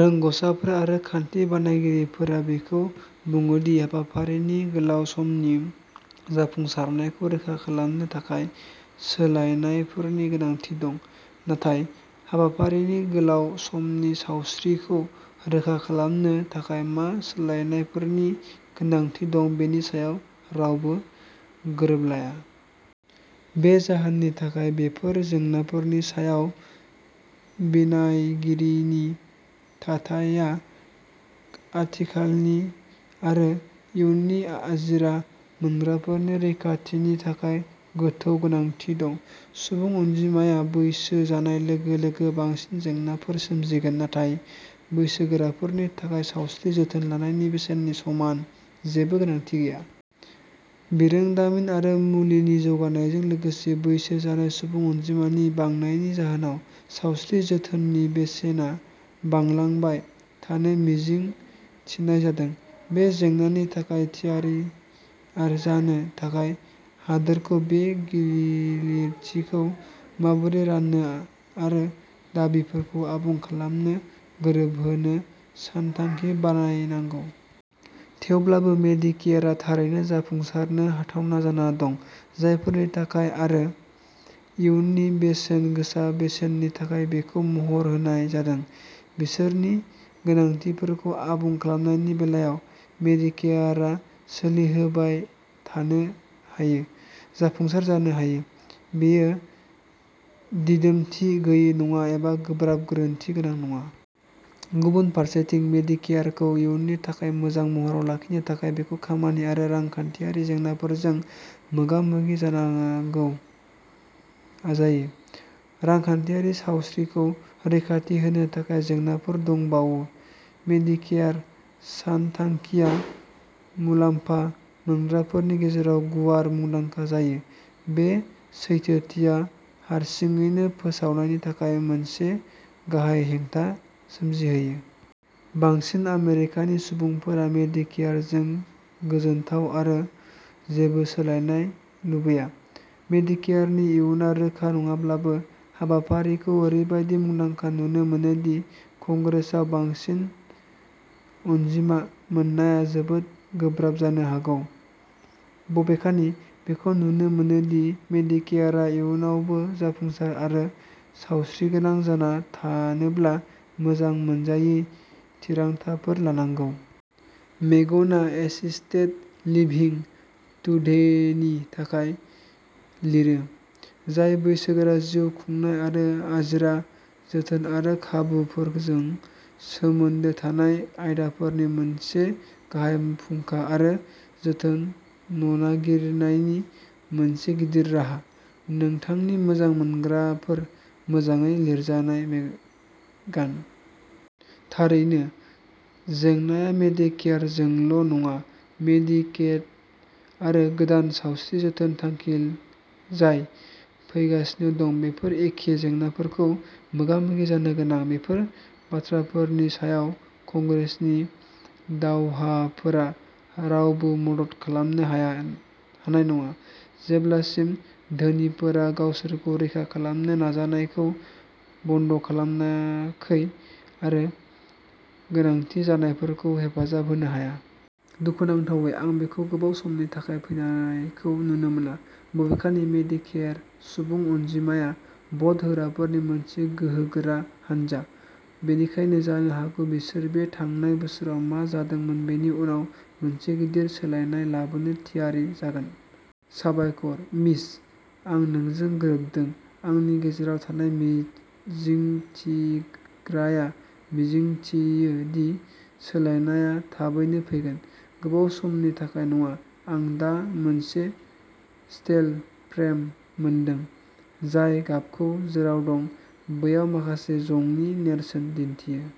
रोंग'साफोर आरो खान्थि बानायगिरिफोरा बेखौ बुङो दि हाबाफारिनि गोलाव समनि जाफुंसारनायखौ रोखा खालामनो थाखाय सोलायनायफोरनि गोनांथि दं, नाथाय हाबाफारिनि गोलाव समनि सावस्रिखौ रोखा खालामनो थाखाय मा सोलायनायफोरनि गोनांथि दं बेनि सायाव रावबो गोरोबलाया। बे जाहोननि थाखाय, बेफोर जेंनाफोरनि सायाव बिनायगिरिनि थाथाइया आथिखालनि आरो इयुननि आजिरा मोनग्राफोरनि रैखाथिनि थाखाय गोथौ गोनांथि दं। सुबुं अनजिमाया बैसो जानाय लोगो-लोगो बांसिन जेंनाफोर सोमजिगोन, नाथाय बैसोगोराफोरनि थाखाय सावस्रि जोथोन होनायनि बेसेननि समान जेबो गोनांथि गैया। बिरोंदामिन आरो मुलिनि जौगानायजों लोगोसे बैसो जानाय सुबुं अनजिमानि बांनायनि जाहोनाव, सावस्रि जोथोननि बेसेना बांलांबाय थानो मिजिं थिनाय जादों। बे जेंनानि थाखाय थियारि जानो थाखाय हादोरखौ बे गिलिरथिखौ माबोरै राननो आरो दाबिफोरखौ आबुं खालामनो गोरोबहोनो सानथांखि बानायनांगौ। थेवब्लाबो, मेडिकेयारआ थारैनो जाफुंसारनो हाथावना जाना दं। जायफोरनि थाखाय आरो इयुननि बेसेनगोसा बेसेननि थाखाय बेखौ महर होनाय जादों, बिसोरनि गोनांथिफोरखौ आबुं खालामनायनि बेलायाव, मेडिकेयारआ सोलिहोबाय थानो हायो। जाफुंसार जानो हायो। बेयो दिदोमथि गैयै नङा एबा गोब्राब गोरोन्थि गोनां नङा। गुबुन फारसेथिं, मेडिकेयारखौ इयुननि थाखाय मोजां महराव लाखिनो थाखाय, बेखौ खामानि आरो रांखान्थियारि जेंनाफोरजों मोगा-मोगि जानांगौ जायो। रांखान्थियारि सावस्रिखौ रैखाथि होनो थाखाय जेंनाफोर दंबावो। मेडिकेयार सानथांखिआ मुलामफा मोनग्राफोरनि गेजेराव गुवार मुंदांखा जायो। बे सैथोथिया हारसिङैनो फोसाबनायनि थाखाय मोनसे गाहाय हेंथा सोमजिहोयो। बांसिन आमेरिकानि सुबुंफोरा मेडिकेयारजों गोजोनथाव आरो जेबो सोलायनाय लुबैया। मेडिकेयारनि इयुनआ रोखा नङाब्लाबो, हाबाफारिखौ ओरैबायदि मुंदांखा नुनो मोनो दि कंग्रेसआव बांसिन अनजिमा मोननाया जोबोद गोब्राब जानो हागौ। बबेखानि, बेखौ नुनो मोनो दि मेडिकेयारआ इयुनावबो जाफुंसार आरो सावस्रिगोनां जाना थानोब्ला मोजां मोनजायै थिरांथाफोर लानांगौ। मेगनआ एसिस्टेड लिभिं टुडेनि थाखाय लिरो, जाय बैसोगोरा जिउ खुंनाय आरो आजिरा जोथोन आरो खाबुफोरजों सोमोन्दो थानाय आयदाफोरनि मोनसे गाहाय फुंखा आरो जोथोन न'नागिरनायनि मोनसे गिदिर राहा। नोंथांनि मोजां मोनजाग्राफोर। मोजाङै लिरजानाय मेगान। थारैनो, जेंनाआ मेडिकेयारजोंल'नङा। मेडिकेड आरो गोदान सावस्रि जोथोन बिथांखि जाय फैगासिनो दं, बेफोर एखे जेंनाफोरजों मोगा-मोगि जानो गोनां। बेफोर बाथ्राफोरनि सायाव कंग्रेसनि दावहाफोरा रावबो मदद खालामनो हानाय नङा, जेब्लासिम धोनिफोरा गावसोरखौ रैखा खालामनो नाजानायखौ बन्द'खालामाखै आरो गोनांथि जानायफोरखौ हेफाजाब होनो हाया। दुखुनांथावै, आं बेखौ गोबाव समनि थाखाय फैनायखौ नुनो मोना। बबेखानि, मेडिकेयार सुबुं अनजिमाया भट होग्राफोरनि मोनसे गोहोगोरा हानजा, बेनिखायनो जानो हागौ बिसोर बे थांनाय बोसोराव मा जादोंमोन बेनि उनाव मोनसे गिदिर सोलायनाय लाबोनो थियारि जागोन। साबायखर, मिच। आं नोंजों गोरोबदों। आंनि गेजेराव थानाय मिजिंथिग्राया मिजिंथियो दि सोलायनायआ थाबैनो फैगोन, गोबाव समनि थाखाय नङा! आं दा मोनसे स्टेल फ्रेम मोनदों, जाय गाबखौ जेराव दं, बैयाव माखासे जंनि नेरसोन दिन्थियो।